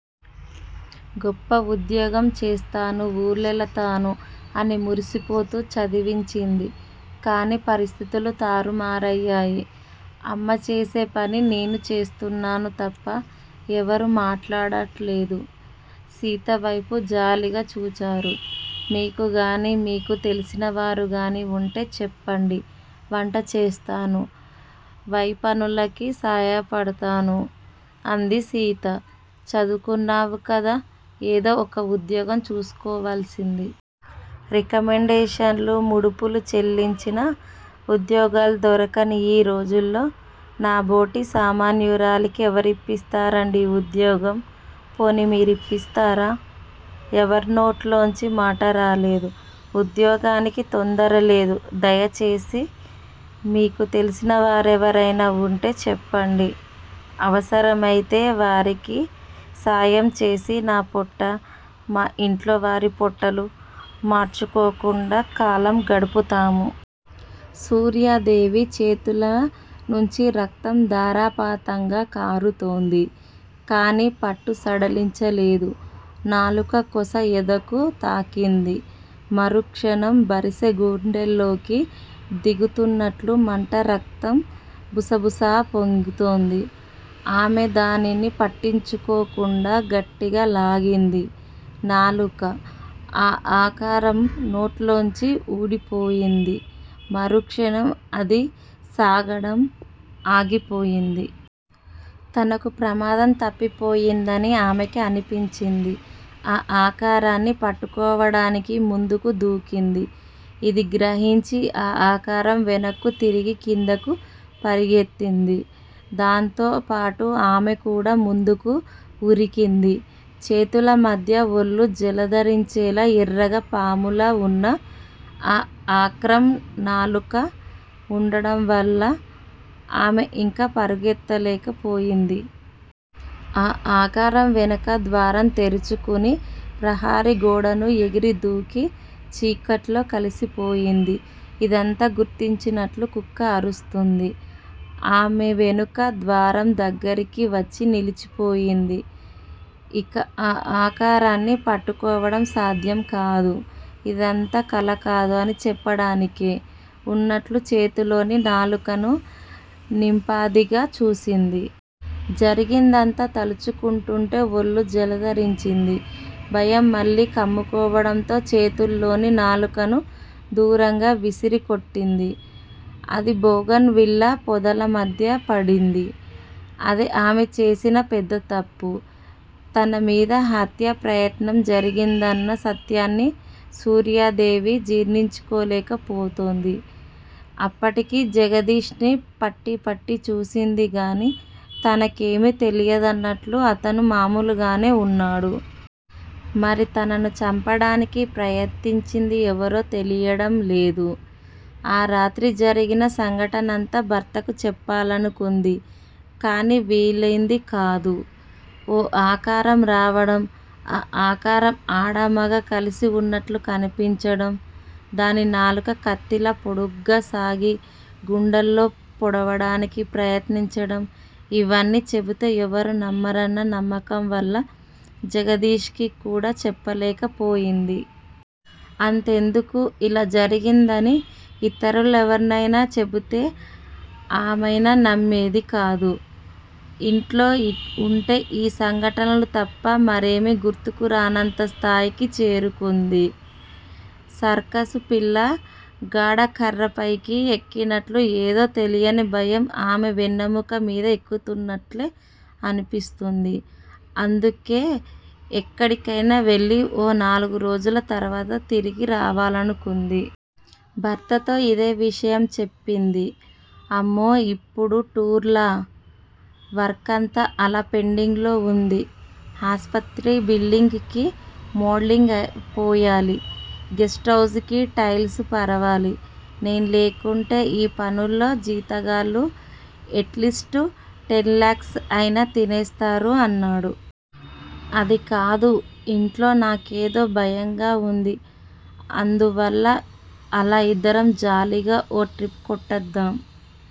గొప్ప ఉద్యోగం చేస్తాను. ఊళ్ళెలతాను అని మురిసిపోతూ చదివించింది. కాని పరిస్థితులు తారుమారయ్యాయి. అమ్మచేసేపని నేను చేస్తున్నాను తప్ప? ఎవరూ మాట్లాడట్లేదు. సీతవైపు జాలిగా చూచారు. మీకుగాని, మీకు తెలిసినవారుగాని వుంటే చెప్పండి. వంట చేస్తాను. వైపనులకి సాయపదతాను. అంది సీత. చదువుకున్నావుకదా, ఏదో ఒక ఉద్యోగం చూసుకోవాల్సింది. రికమండేషన్లు, ముడుపులు చెల్లించినా ఉద్యోగాలు దొరకని ఈ రోజుల్లో నాబోటి సామన్యురాలికి ఎవరిప్పిస్తారండీ ఉద్యోగం? పోనీ మీ రిప్పిస్తారా? ఎవరినోట్లోంచి మాట రాలేదు. ఉద్యోగానికి తొందరలేదు. దయచేసి మీకు తెలిసినవారెవరయినా వుంటే చెప్పండి. అవసరమయితే వారికి సాయంచేసి నాపోట్ట, మా ఇంట్లో వారి పొట్టలు, మాడ్చుకోకుండా కాలం గడుపుతాము. సూర్యాదేవి చేతుల నుంచి రక్తం ధారాపాతంగా కారుతోంది. కానీ పట్టు సడలించలేదు. నాలుక కొస ఎదకు తాకింది. మరుక్షణం బరిసె గుండెల్లోకి దిగుతున్నట్లు మంట రక్తం బుసబుసా పొంగుతోంది. ఆమె దానిని పట్టించుకోకుండా గట్టిగా లాగింది. నాలుక ఆ ఆకారం నోట్లోంచి పూడిపోయింది. మరుక్షణం అది సాగడం ఆగిపోయింది. తనకు ప్రమాదం తప్పిపోయిందని ఆమెకి అనిపించింది. ఆ ఆకారాన్ని పట్టుకోవడానికి ముందుకు దూకింది. ఇది గ్రహించి ఆ ఆకారం వెనక్కు తిరిగి కిందకు పరుగెత్తింది. దాంతో పాటు ఆమె కూడా ముందుకు వురికింది. చేతులమధ్య ఒళ్ళు జలదరించేలా ఎర్రగా, పాములా వున్న ఆ ఆక్రం నాలుక వుండడం వల్ల ఆమె ఇక పరుగెత్తలేక పోయింది. ఆ ఆకారం వెనక ద్వారం తెరుచుకుని ప్రహారీ గోడను ఎగిరి దూకి చీకట్లో కలిసిపోయింది. ఇదంతా గుర్తించినట్లు కుక్క అరుస్తోంది. ఆమె వెనుక ద్వారం దగ్గరికి వచ్చి నిలిచిపోయింది. ఇక ఆ ఆకారాన్ని పట్టుకోవడం సాధ్యం కాదు. ఇదంతా కలకాదు అని చెప్పడానికే వున్నట్లు చేతుల్లోని నాలుకను నింపాదిగా చూసింది. జరిగిందంతా తలుచుకుంటుంటే ఒళ్ళు జలదరించింది. భయం మళ్ళీ కమ్ముకోవడంతో చేతుల్లోని నాలుకను దూరంగా విరిసికొట్టింది. అది బోగన్ విల్లా పొదల మధ్య పడింది. అదే ఆమె చేసిన పెద్ద తప్పు. తనమీద హత్యాప్రయత్నం జరిగిందన్న సత్యాన్ని సూర్యాదేవి జీర్ణించుకోలేక పోతోంది. అప్పటికీ జగదీష్ ని పట్టి పట్టి చూసిందిగానీ తనకేమీ తెలియదన్నట్లు అతను మామూలుగానే వున్నాడు. మరి తనను చంపడానికి ప్రయత్నించింది ఎవరో తెలియడం లేదు. ఆ రాత్రి జరిగిన సంఘటనంతా భర్తకు చెప్పాలనుకుంది కానీ వీలయింది కాదు. ఓ ఆకారం రావడం, ఆ ఆకారం ఆడా మగా కలిసి వున్నట్లు కనిపించడం, దాని నాలుక కత్తిలా పొడుగ్గా సాగి, గుండెల్లో పొడవడానికి ప్రయత్నించడం- ఇవన్నీ చెబితే ఎవరూ నమ్మరన్న నమ్మకంవల్ల జగదీష్ కి కూడా చెప్పలేకపోయింది. అంతెందుకు- ఇలా జరిగిందని ఇతరులెవర్నైనా చెబితే ఆమైనా నమ్మేది కాదు. ఇంట్లో వుంటే యీ సంఘటనలు తప్ప మరేమీ గుర్తుకు రానంత స్థాయికి చేరుకుంది. సర్కసు పిల్ల గాడకర్రపైకి ఎక్కినట్లు ఏదో తెలియని భయం ఆమె వెన్నెముక మీద ఎక్కుతున్నట్లే అనిపిస్తుంది. అందుకే ఎక్కడికైనా వెళ్ళి ఓ నాలుగురోజుల తరువాత తిరిగి రావాలనుకుంది. భర్తతో ఇదే విషయం చెప్పింది. అమ్మో! ఇప్పుడు టూర్ లా! వర్క్ అంతా అలా పెండింగ్ లో వుంది. హాస్పత్రి బిల్డింగ్ కి మోల్డింగ్ పోయాలి, గెస్ట్ హౌస్ కి టైల్స్ పరవాలి. నేను లేకుంటే ఈ పనుల్లో జీతగాళ్ళు ఎట్ లిస్ట్ టెన్ లాక్స్ అయినా తినేస్తారు అన్నాడు. అది కాదు! ఇంట్లో నాకేదో భయంగా వుంది. అందువల్ల అలా ఇద్దరం జాలీగా ఓ ట్రిప్ కొట్టొద్దాం